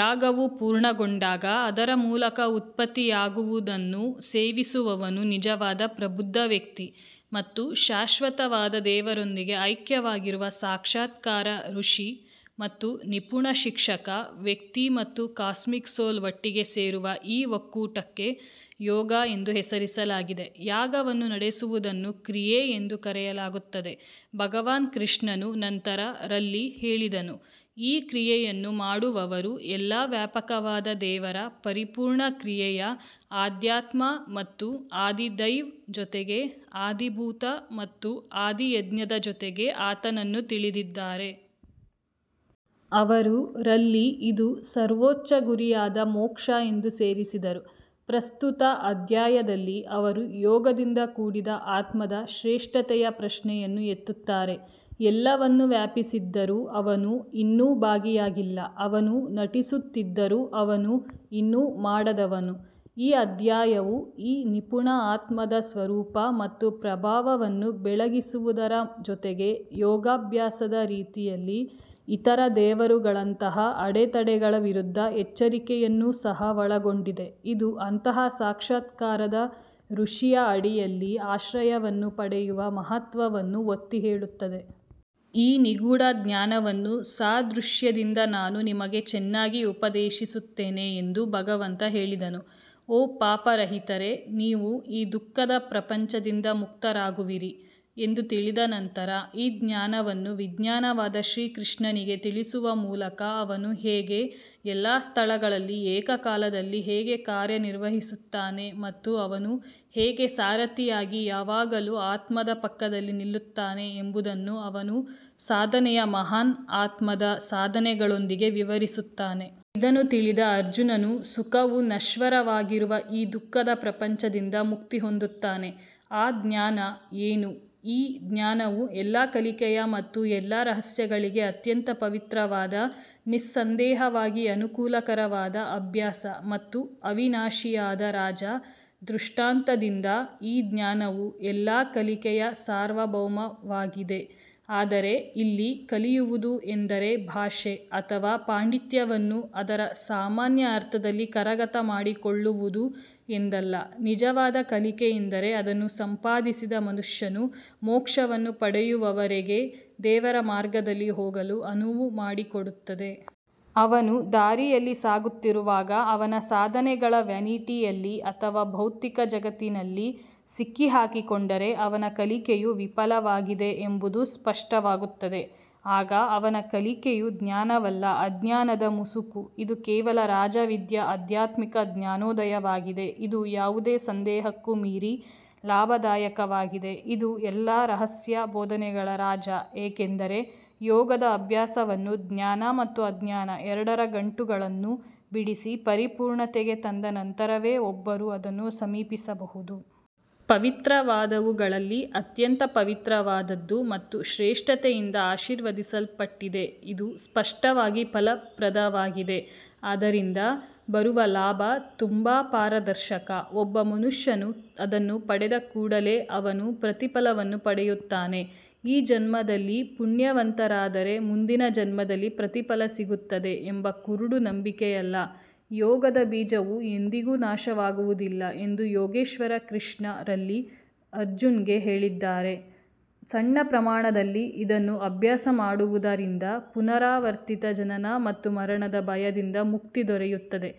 ಯಾಗವು ಪೂರ್ಣಗೊಂಡಾಗ ಅದರ ಮೂಲಕ ಉತ್ಪತ್ತಿಯಾಗುವುದನ್ನು ಸೇವಿಸುವವನು ನಿಜವಾದ ಪ್ರಬುದ್ಧ ವ್ಯಕ್ತಿ ಮತ್ತು ಶಾಶ್ವತವಾದ ದೇವರೊಂದಿಗೆ ಐಕ್ಯವಾಗಿರುವ ಸಾಕ್ಷಾತ್ಕಾರ ಋಷಿ ಮತ್ತು ನಿಪುಣ ಶಿಕ್ಷಕ. ವ್ಯಕ್ತಿ ಮತ್ತು ಕಾಸ್ಮಿಕ್ ಸೋಲ್ ಒಟ್ಟಿಗೆ ಸೇರುವ ಈ ಒಕ್ಕೂಟಕ್ಕೆ ಯೋಗ ಎಂದು ಹೆಸರಿಸಲಾಗಿದೆ ಯಾಗವನ್ನು ನಡೆಸುವುದನ್ನು ಕ್ರಿಯೆ ಎಂದು ಕರೆಯಲಾಗುತ್ತದೆ ಭಗವಾನ್ ಕೃಷ್ಣನು ನಂತರ ರಲ್ಲಿ ಹೇಳಿದನು ಈ ಕ್ರಿಯೆಯನ್ನು ಮಾಡುವವರು ಎಲ್ಲಾ ವ್ಯಾಪಕವಾದ ದೇವರ ಪರಿಪೂರ್ಣ ಕ್ರಿಯೆಯ ಅಧ್ಯಾತ್ಮ ಮತ್ತು ಅಧಿದೈವ್ ಜೊತೆಗೆ ಅಧಿಭೂತ ಮತ್ತು ಅಧಿಯಜ್ಞದ ಜೊತೆಗೆ ಆತನನ್ನು ತಿಳಿದಿದ್ದಾರೆ. ಅವರು ರಲ್ಲಿ ಇದು ಸರ್ವೋಚ್ಚ ಗುರಿಯಾದ ಮೋಕ್ಷ ಎಂದು ಸೇರಿಸಿದರು ಪ್ರಸ್ತುತ ಅಧ್ಯಾಯದಲ್ಲಿ ಅವರು ಯೋಗದಿಂದ ಕೂಡಿದ ಆತ್ಮದ ಶ್ರೇಷ್ಠತೆಯ ಪ್ರಶ್ನೆಯನ್ನು ಎತ್ತುತ್ತಾರೆ. ಎಲ್ಲವನ್ನು ವ್ಯಾಪಿಸಿದ್ದರೂ ಅವನು ಇನ್ನೂ ಭಾಗಿಯಾಗಿಲ್ಲ ಅವನು ನಟಿಸುತ್ತಿದ್ದರೂ ಅವನು ಇನ್ನೂ ಮಾಡದವನು ಈ ಅಧ್ಯಾಯವು ಈ ನಿಪುಣ ಆತ್ಮದ ಸ್ವರೂಪ ಮತ್ತು ಪ್ರಭಾವವನ್ನು ಬೆಳಗಿಸುವುದರ ಜೊತೆಗೆ ಯೋಗಾಭ್ಯಾಸದ ರೀತಿಯಲ್ಲಿ ಇತರ ದೇವರುಗಳಂತಹ ಅಡೆತಡೆಗಳ ವಿರುದ್ಧ ಎಚ್ಚರಿಕೆಯನ್ನು ಸಹ ಒಳಗೊಂಡಿದೆ ಇದು ಅಂತಹ ಸಾಕ್ಷಾತ್ಕಾರದ ಋಷಿಯ ಅಡಿಯಲ್ಲಿ ಆಶ್ರಯವನ್ನು ಪಡೆಯುವ ಮಹತ್ವವನ್ನು ಒತ್ತಿಹೇಳುತ್ತದೆ. ಈ ನಿಗೂಢ ಜ್ಞಾನವನ್ನು ಸಾದೃಶ್ಯದಿಂದ ನಾನು ನಿಮಗೆ ಚೆನ್ನಾಗಿ ಉಪದೇಶಿಸುತ್ತೇನೆ ಎಂದು ಭಗವಂತ ಹೇಳಿದನು ಓ ಪಾಪರಹಿತರೇ ನೀವು ಈ ದುಃಖದ ಪ್ರಪಂಚದಿಂದ ಮುಕ್ತರಾಗುವಿರಿ ಎಂದು ತಿಳಿದ ನಂತರ ಈ ಜ್ಞಾನವನ್ನು ವಿಜ್ಞಾನವಾದ ಶ್ರೀಕೃಷ್ಣನಿಗೆ ತಿಳಿಸುವ ಮೂಲಕ ಅವನು ಹೇಗೆ ಎಲ್ಲಾ ಸ್ಥಳಗಳಲ್ಲಿ ಏಕಕಾಲದಲ್ಲಿ ಹೇಗೆ ಕಾರ್ಯನಿರ್ವಹಿಸುತ್ತಾನೆ ಮತ್ತು ಅವನು ಹೇಗೆ ಸಾರಥಿಯಾಗಿ ಯಾವಾಗಲೂ ಆತ್ಮದ ಪಕ್ಕದಲ್ಲಿ ನಿಲ್ಲುತ್ತಾನೆ ಎಂಬುದನ್ನು ಅವನು ಸಾಧನೆಯ ಮಹಾನ್ ಆತ್ಮದ ಸಾಧನೆಗಳೊಂದಿಗೆ ವಿವರಿಸುತ್ತಾನೆ. ಇದನ್ನು ತಿಳಿದ ಅರ್ಜುನನು ಸುಖವು ನಶ್ವರವಾಗಿರುವ ಈ ದುಃಖದ ಪ್ರಪಂಚದಿಂದ ಮುಕ್ತಿ ಹೊಂದುತ್ತಾನೆ ಆ ಜ್ಞಾನ ಏನು ಈ ಜ್ಞಾನವು ಎಲ್ಲಾ ಕಲಿಕೆಯ ಮತ್ತು ಎಲ್ಲಾ ರಹಸ್ಯಗಳಿಗೆ ಅತ್ಯಂತ ಪವಿತ್ರವಾದ ನಿಸ್ಸಂದೇಹವಾಗಿ ಅನುಕೂಲಕರವಾದ ಅಭ್ಯಾಸ ಮತ್ತು ಅವಿನಾಶಿಯಾದ ರಾಜ. ದೃಷ್ಟಾಂತದಿಂದ ಈ ಜ್ಞಾನವು ಎಲ್ಲಾ ಕಲಿಕೆಯ ಸಾರ್ವಭೌಮವಾಗಿದೆ ಆದರೆ ಇಲ್ಲಿ ಕಲಿಯುವುದು ಎಂದರೆ ಭಾಷೆ ಅಥವಾ ಪಾಂಡಿತ್ಯವನ್ನು ಅದರ ಸಾಮಾನ್ಯ ಅರ್ಥದಲ್ಲಿ ಕರಗತ ಮಾಡಿಕೊಳ್ಳುವುದು ಎಂದಲ್ಲ ನಿಜವಾದ ಕಲಿಕೆ ಎಂದರೆ ಅದನ್ನು ಸಂಪಾದಿಸಿದ ಮನುಷ್ಯನು ಮೋಕ್ಷವನ್ನು ಪಡೆಯುವವರೆಗೆ ದೇವರ ಮಾರ್ಗದಲ್ಲಿ ಹೋಗಲು ಅನುವು ಮಾಡಿಕೊಡುತ್ತದೆ. ಅವನು ದಾರಿಯಲ್ಲಿ ಸಾಗುತ್ತಿರುವಾಗ ಅವನ ಸಾಧನೆಗಳ ವ್ಯಾನಿಟಿಯಲ್ಲಿ ಅಥವಾ ಭೌತಿಕ ಜಗತ್ತಿನಲ್ಲಿ ಸಿಕ್ಕಿಹಾಕಿಕೊಂಡರೆ ಅವನ ಕಲಿಕೆಯು ವಿಫಲವಾಗಿದೆ ಎಂಬುದು ಸ್ಪಷ್ಟವಾಗುತ್ತದೆ. ಆಗ ಅವನ ಕಲಿಕೆಯು ಜ್ಞಾನವಲ್ಲ ಅಜ್ಞಾನದ ಮುಸುಕು ಇದು ಕೇವಲ ರಾಜವಿದ್ಯಾ ಆಧ್ಯಾತ್ಮಿಕ ಜ್ಞಾನೋದಯವಾಗಿದೆ ಇದು ಯಾವುದೇ ಸಂದೇಹಕ್ಕೂ ಮೀರಿ ಲಾಭದಾಯಕವಾಗಿದೆ ಇದು ಎಲ್ಲಾ ರಹಸ್ಯ ಬೋಧನೆಗಳ ರಾಜ ಏಕೆಂದರೆ ಯೋಗದ ಅಭ್ಯಾಸವನ್ನು ಜ್ಞಾನ ಮತ್ತು ಅಜ್ಞಾನ ಎರಡರ ಗಂಟುಗಳನ್ನು ಬಿಡಿಸಿ ಪರಿಪೂರ್ಣತೆಗೆ ತಂದ ನಂತರವೇ ಒಬ್ಬರು ಅದನ್ನು ಸಮೀಪಿಸಬಹುದು. ಪವಿತ್ರವಾದವುಗಳಲ್ಲಿ ಅತ್ಯಂತ ಪವಿತ್ರವಾದದ್ದು ಮತ್ತು ಶ್ರೇಷ್ಠತೆಯಿಂದ ಆಶೀರ್ವದಿಸಲ್ಪಟ್ಟಿದೆ ಇದು ಸ್ಪಷ್ಟವಾಗಿ ಫಲಪ್ರದವಾಗಿದೆ ಅದರಿಂದ ಬರುವ ಲಾಭ ತುಂಬಾ ಪಾರದರ್ಶಕ ಒಬ್ಬ ಮನುಷ್ಯನು ಅದನ್ನು ಪಡೆದ ಕೂಡಲೇ ಅವನು ಪ್ರತಿಫಲವನ್ನು ಪಡೆಯುತ್ತಾನೆ ಈ ಜನ್ಮದಲ್ಲಿ ಪುಣ್ಯವಂತರಾದರೆ ಮುಂದಿನ ಜನ್ಮದಲ್ಲಿ ಪ್ರತಿಫಲ ಸಿಗುತ್ತದೆ ಎಂಬ ಕುರುಡು ನಂಬಿಕೆಯಲ್ಲ ಯೋಗದ ಬೀಜವು ಎಂದಿಗೂ ನಾಶವಾಗುವುದಿಲ್ಲ ಎಂದು ಯೋಗೇಶ್ವರ ಕೃಷ್ಣ ರಲ್ಲಿ ಅರ್ಜುನ್ಗೆ ಹೇಳಿದ್ದಾರೆ ಸಣ್ಣ ಪ್ರಮಾಣದಲ್ಲಿ ಇದನ್ನು ಅಭ್ಯಾಸ ಮಾಡುವುದರಿಂದ ಪುನರಾವರ್ತಿತ ಜನನ ಮತ್ತು ಮರಣದ ಭಯದಿಂದ ಮುಕ್ತಿ ದೊರೆಯುತ್ತದೆ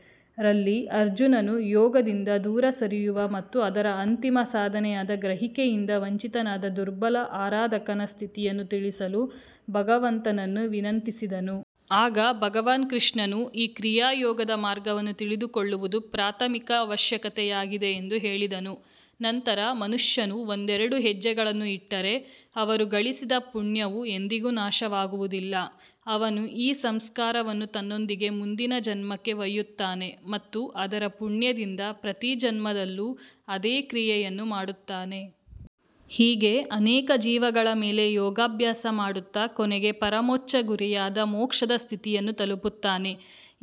ರಲ್ಲಿ ಅರ್ಜುನನು ಯೋಗದಿಂದ ದೂರ ಸರಿಯುವ ಮತ್ತು ಅದರ ಅಂತಿಮ ಸಾಧನೆಯಾದ ಗ್ರಹಿಕೆಯಿಂದ ವಂಚಿತನಾದ ದುರ್ಬಲ ಆರಾಧಕನ ಸ್ಥಿತಿಯನ್ನು ತಿಳಿಸಲು ಭಗವಂತನನ್ನು ವಿನಂತಿಸಿದನು. ಆಗ ಭಗವಾನ್ ಕೃಷ್ಣನು ಈ ಕ್ರಿಯಾ ಯೋಗದ ಮಾರ್ಗವನ್ನು ತಿಳಿದುಕೊಳ್ಳುವುದು ಪ್ರಾಥಮಿಕ ಅವಶ್ಯಕತೆಯಾಗಿದೆ ಎಂದು ಹೇಳಿದನು ನಂತರ ಮನುಷ್ಯನು ಒಂದೆರಡು ಹೆಜ್ಜೆಗಳನ್ನು ಇಟ್ಟರೆ ಅವರು ಗಳಿಸಿದ ಪುಣ್ಯವು ಎಂದಿಗೂ ನಾಶವಾಗುವುದಿಲ್ಲ. ಅವನು ಈ ಸಂಸ್ಕಾರವನ್ನು ತನ್ನೊಂದಿಗೆ ಮುಂದಿನ ಜನ್ಮಕ್ಕೆ ಒಯ್ಯುತ್ತಾನೆ ಮತ್ತು ಅದರ ಪುಣ್ಯದಿಂದ ಪ್ರತಿ ಜನ್ಮದಲ್ಲೂ ಅದೇ ಕ್ರಿಯೆಯನ್ನು ಮಾಡುತ್ತಾನೆ. ಹೀಗೆ ಅನೇಕ ಜೀವಗಳ ಮೇಲೆ ಯೋಗಾಭ್ಯಾಸ ಮಾಡುತ್ತಾ ಕೊನೆಗೆ ಪರಮೋಚ್ಚ ಗುರಿಯಾದ ಮೋಕ್ಷದ ಸ್ಥಿತಿಯನ್ನು ತಲುಪುತ್ತಾನೆ.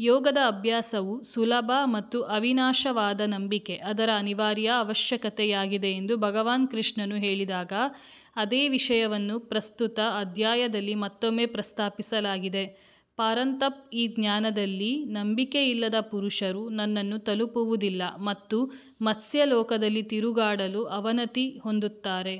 ಯೋಗದ ಅಭ್ಯಾಸವು ಸುಲಭ ಮತ್ತು ಅವಿನಾಶವಾದ ನಂಬಿಕೆ ಅದರ ಅನಿವಾರ್ಯ ಅವಶ್ಯಕತೆಯಾಗಿದೆ ಎಂದು ಭಗವಾನ್ ಕೃಷ್ಣನು ಹೇಳಿದಾಗ ಅದೇ ವಿಷಯವನ್ನು ಪ್ರಸ್ತುತ ಅಧ್ಯಾಯದಲ್ಲಿ ಮತ್ತೊಮ್ಮೆ ಪ್ರಸ್ತಾಪಿಸಲಾಗಿದೆ. ಪರಂತಪ್ ಈ ಜ್ಞಾನದಲ್ಲಿ ನಂಬಿಕೆಯಿಲ್ಲದ ಪುರುಷರು ನನ್ನನ್ನು ತಲುಪುವುದಿಲ್ಲ ಮತ್ತು ಮರ್ತ್ಯಲೋಕದಲ್ಲಿ ತಿರುಗಾಡಲು ಅವನತಿ ಹೊಂದುತ್ತಾರೆ.